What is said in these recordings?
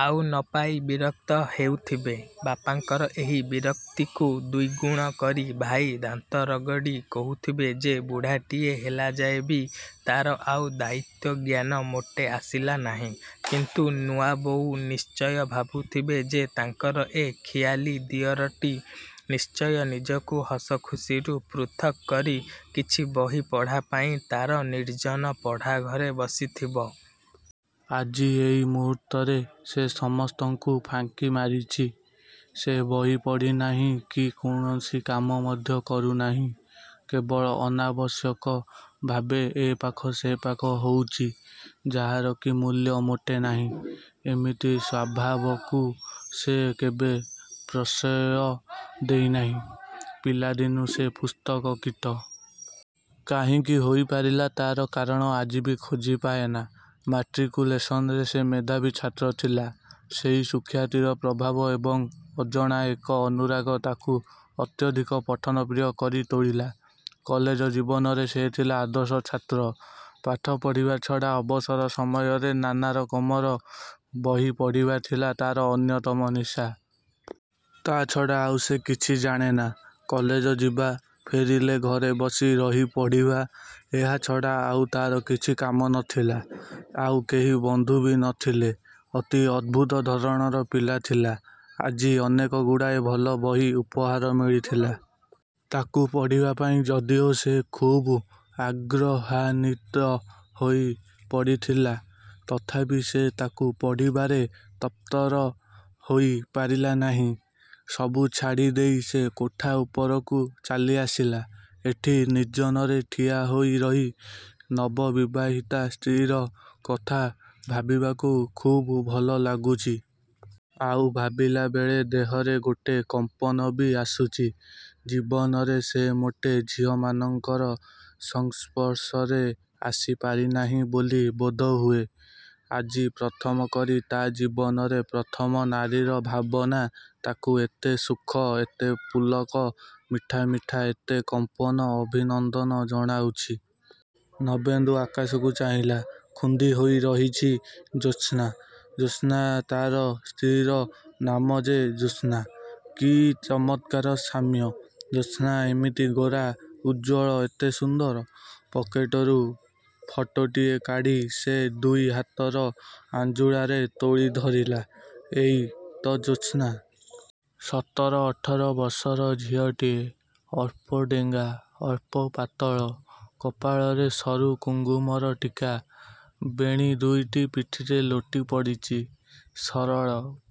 ଆଉ ନ ପାଇ ବିରକ୍ତ ହେଉଥିବେ। ବାପାଙ୍କର ଏହି ବିରକ୍ତିକୁ ଦ୍ଵିଗୁଣ କରି ଭାଇ ଦାନ୍ତରଗଡ଼ି କହୁଥିବେ ଯେ, ବୁଢ଼ାଟିଏ ହେଲାଯାଏ ବି ତାର ଆଉ ଦାୟିତ୍ଵଜ୍ଞାନ ମୋଟେ ଆସିଲା ନାହିଁ। କିନ୍ତୁ ନୂଆବୋଉ ନିଶ୍ଚୟ ଭାବୁଥିବେ ଯେ, ତାଙ୍କର ଏ ଖିଆଲୀ ଦିଅରଟି ନିଶ୍ଚୟ ନିଜକୁ ହସଖୁସିରୁ ପୃଥକ୍ କରି, କିଛି ବହି ପଢ଼ା ପାଇଁ ତା'ର ନିର୍ଜନ ପଢ଼ାଘରେ ବସିଥିବ। ଆଜି, ଏଇ ମୁହୂର୍ତ୍ତରେ ସେ ସମସ୍ତଙ୍କୁ ଫାଙ୍କି ମାରିଚି। ସେ ବହି ପଢ଼ିନାହିଁ କି କୌଣସି କାମ ମଧ୍ୟ କରୁନାହିଁ। କେବଳ ଅନାବଶ୍ୟକ ଭାବେ ଏପାଖ ସେପାଖ ହଉଚି, ଯାହାର କି ମୂଲ୍ୟ ମୋଟେ ନାହିଁ। ଏମିତି ସ୍ଵାଭାବକୁ ସେ କେବେ ପ୍ରଶ୍ରୟ ଦେଇନାହିଁ। ପିଲାଦିନୁ ସେ ପୁସ୍ତକ କୀଟ। କାହିଁକି ହୋଇ ପାରିଲା, ତା'ର କାରଣ ଆଜି ବି ଖୋଜି ପାଏନା। ମାଟ୍ରିକ୍ୟୁଲେସନ୍‌ରେ ସେ ମେଧାବୀ ଛାତ୍ର ଥିଲା। ସେଇ ସୁଖ୍ୟାତିର ପ୍ରଭାବ ଏବଂ ଅଜଣା ଏକ ଅନୁରାଗ ତାକୁ ଅତ୍ୟଧିକ ପଠନପ୍ରିୟ କରି ତୋଳିଲା। କଲେଜ ଜୀବନରେ ସେ ଥିଲା ଆଦର୍ଶ ଛାତ୍ର ପାଠ ପଢ଼ିବା ଛଡ଼ା ଅବସର ସମୟରେ ନାନାରକମର ବହି ପଢ଼ିବା ଥିଲା ତାର ଅନ୍ୟତମ ନିଶା। ତା' ଛଡ଼ା ଆଉ ସେ କିଛି ଜାଣେ ନା। କଲେଜ ଯିବା, ଫେରିଲେ ଘରେ ବସି ରହି ପଢ଼ିବା, ଏହାଛଡ଼ା ଆଉ ତାର କିଛି କାମ ନ ଥିଲା। ଆଉ କେହି ବନ୍ଧୁ ବି ନ ଥିଲେ। ଅତି ଅଦ୍ଭୁତ ଧରଣର ପିଲା ଥିଲା। ଆଜି ଅନେକଗୁଡ଼ାଏ ଭଲ ବହି ଉପହାର ମିଳିଥିଲା। ତାକୁ ପଢ଼ିବା ପାଇଁ ଯଦିଓ ସେ ଖୁବ୍ ଆଗ୍ରହାନ୍ୱିତ ହୋଇ ପଡ଼ିଥିଲା, ତଥାପି ସେ ତାକୁ ପଢ଼ିବାରେ ତତ୍ପର ହୋଇ ପାରିଲା ନାହିଁ। ସବୁ ଛାଡ଼ି ଦେଇ ସେ କୋଠା ଉପରକୁ ଚାଲିଆସିଲା। ଏଠି ନିର୍ଜନରେ ଠିଆ ହୋଇ ରହି, ନବବିବାହିତା ସ୍ତ୍ରୀର କଥା ଭାବିବାକୁ ଖୁବ୍ ଭଲ ଲାଗୁଚି। ଆଉ ଭାବିଲାବେଳେ ଦେହରେ ଗୋଟେ କମ୍ପନ ବି ଆସୁଚି। ଜୀବନରେ ସେ ମୋଟେ ଝିଅମାନଙ୍କର ସଂସ୍ପର୍ଶରେ ଆସି ପାରିନାହିଁ ବୋଲି ବୋଧହୁଏ, ଆଜି ପ୍ରଥମ କରି ତା' ଜୀବନରେ ପ୍ରଥମ ନାରୀର ଭାବନା। ତାକୁ ଏତେ ସୁଖ, ଏତେ ପୁଲକ, ମିଠା ମିଠା ଏତେ କମ୍ପନ, ଅଭିନନ୍ଦନ ଜଣାଉଛି। ନବେନ୍ଦୁ ଆକାଶକୁ ଚାହିଁଲା ,ଖୁନ୍ଦି ହୋଇ ରହିଛି ଜ୍ୟୋତ୍ସ୍ନା! ଜ୍ୟୋତ୍ସ୍ନା ତା'ର ସ୍ତ୍ରୀର ନାମ ଯେ ଜ୍ୟୋତ୍ସ୍ନା ,କି ଚମତ୍କାର ସାମ୍ୟ? ଜ୍ୟୋତ୍ସ୍ନା ଏମିତି ଗୋରା, ଉଜ୍ଜ୍ୱଳ, ଏତେ ସୁନ୍ଦର? ପକେଟରୁ ଫଟୋଟିଏ କାଢ଼ି ସେ ଦୁଇ ହାତର ଆଞ୍ଜୁଳାରେ ତୋଳି ଧରିଲା। ଏଇ ତ ଜ୍ୟୋତ୍ସ୍ନା! ସତର ଅଠର ବର୍ଷର ଝିଅଟିଏ। ଅଳ୍ପ ଡେଙ୍ଗା, ଅଳ୍ପ ପାତଳ, କପାଳରେ ସରୁ କୁଙ୍କୁମର ଟୀକା। ବେଣୀ ଦୁଇଟି ପିଠିରେ ଲୋଟିପଡ଼ିଚି। ସରଳ,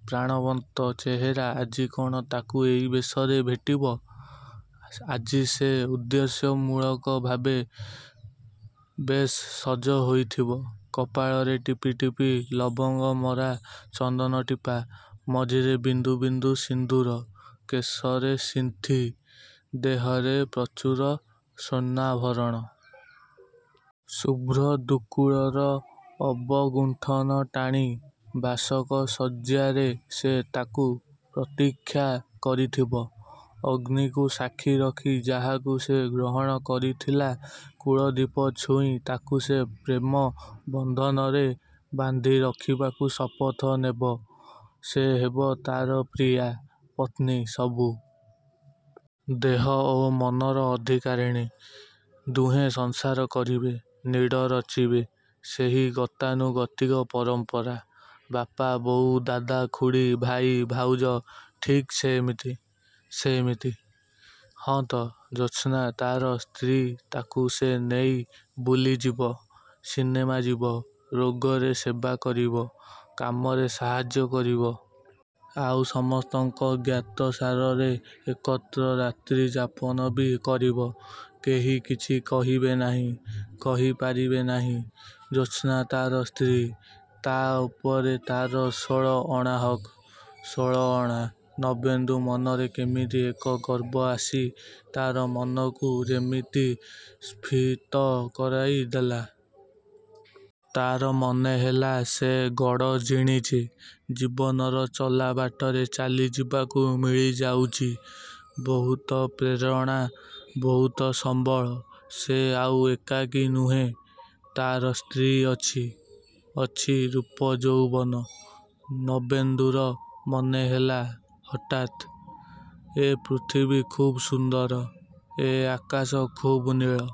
ପ୍ରାଣବନ୍ତ ଚେହେରା ଆଜି କ'ଣ ତାକୁ ଏଇ ବେଶରେ ଭେଟିବ? ଆଜି ସେ ଉଦ୍ଦେଶ୍ୟମୂଳକ ଭାବେ ବେଶ୍ ସଜ ହୋଇଥିବ। କପାଳରେ ଟିପି ଟିପି ଲବଙ୍ଗମରା ଚନ୍ଦନଟିପା, ମଝିରେ ବିନ୍ଦୁ ବିନ୍ଦୁ ସିନ୍ଦୂର, କେଶରେ ସିନ୍ଥି, ଦେହରେ ପ୍ରଚୁର ସ୍ଵର୍ଣ୍ଣାଭରଣ। ଶୁଭ୍ର ଦୁକୁଳର ଅବଗୁଣ୍ଠନ ଟାଣି, ବାସକ ଶଯ୍ୟାରେ ସେ ତାକୁ ପ୍ରତୀକ୍ଷା କରିଥିବ। ଅଗ୍ନିକୁ ସାକ୍ଷୀ ରଖି ଯାହାକୁ ସେ ଗ୍ରହଣ କରିଥିଲା, କୂଳଦୀପ ଛୁଇଁ ତାକୁ ସେ ପ୍ରେମ ବନ୍ଧନରେ ବାନ୍ଧି ରଖିବାକୁ ଶପଥ ନେବ। ସେ ହେବ ତାର ପ୍ରିୟା, ପତ୍ନୀ, ସବୁ। ଦେହ ଓ ମନର ଅଧିକାରିଣୀ। ଦୁହେଁ ସଂସାର କରିବେ, ନୀଡ଼ ରଚିବେ। ସେହି ଗତାନୁଗତିକ ପରମ୍ପରା। ବାପା, ବୋଉ, ଦାଦା, ଖୁଡ଼ୀ, ଭାଇ, ଭାଉଜ ଠିକ୍ ସେମିତି, ସେମିତି? ହଁ ତ, ଜ୍ୟୋତ୍ସ୍ନା ତାର ସ୍ତ୍ରୀ ତାକୁ ସେ ନେଇ ବୁଲିଯିବ, ସିନେମା ଯିବ, ରୋଗରେ ସେବା କରିବ, କାମରେ ସାହାଯ୍ୟ କରିବ। ଆଉ ସମସ୍ତଙ୍କ ଜ୍ଞାତସାରରେ ଏକତ୍ର ରାତ୍ରିଯାପନ ବି କରିବ। କେହି କିଛି କହିବେ ନାହିଁ, କହି ପାରିବେ ନାହିଁ। ଜ୍ୟୋତ୍ସ୍ନା ତା'ର ସ୍ତ୍ରୀ! ତା' ଉପରେ ତାର ଷୋଳ ଅଣା ହକ୍, ଷୋଳ ଅଣା! ନବେନ୍ଦୁ ମନରେ କେମିତି ଏକ ଗର୍ବ ଆସି ତାର ମନକୁ ଯେମିତି ସ୍ଫୀତ କରାଇ ଦେଲା। ତାର ମନେହେଲା ସେ ଗଡ଼ ଜିଣିଚି। ଜୀବନର ଚଲାବାଟରେ ଚାଲିଯିବାକୁ ମିଳିଯାଉଚି ବହୁତ ପ୍ରେରଣା, ବହୁତ ସମ୍ବଳ। ସେ ଆଉ ଏକାକୀ ନୁହେଁ! ତାର ସ୍ତ୍ରୀ ଅଛି! ଅଛି ରୂପ ଯୌବନ। ନବେନ୍ଦୁର ମନେହେଲା ହଠାତ୍, ଏ ପୃଥିବୀ ଖୁବ୍ ସୁନ୍ଦର। ଏ ଆକାଶ ଖୁବ୍ ନୀଳ!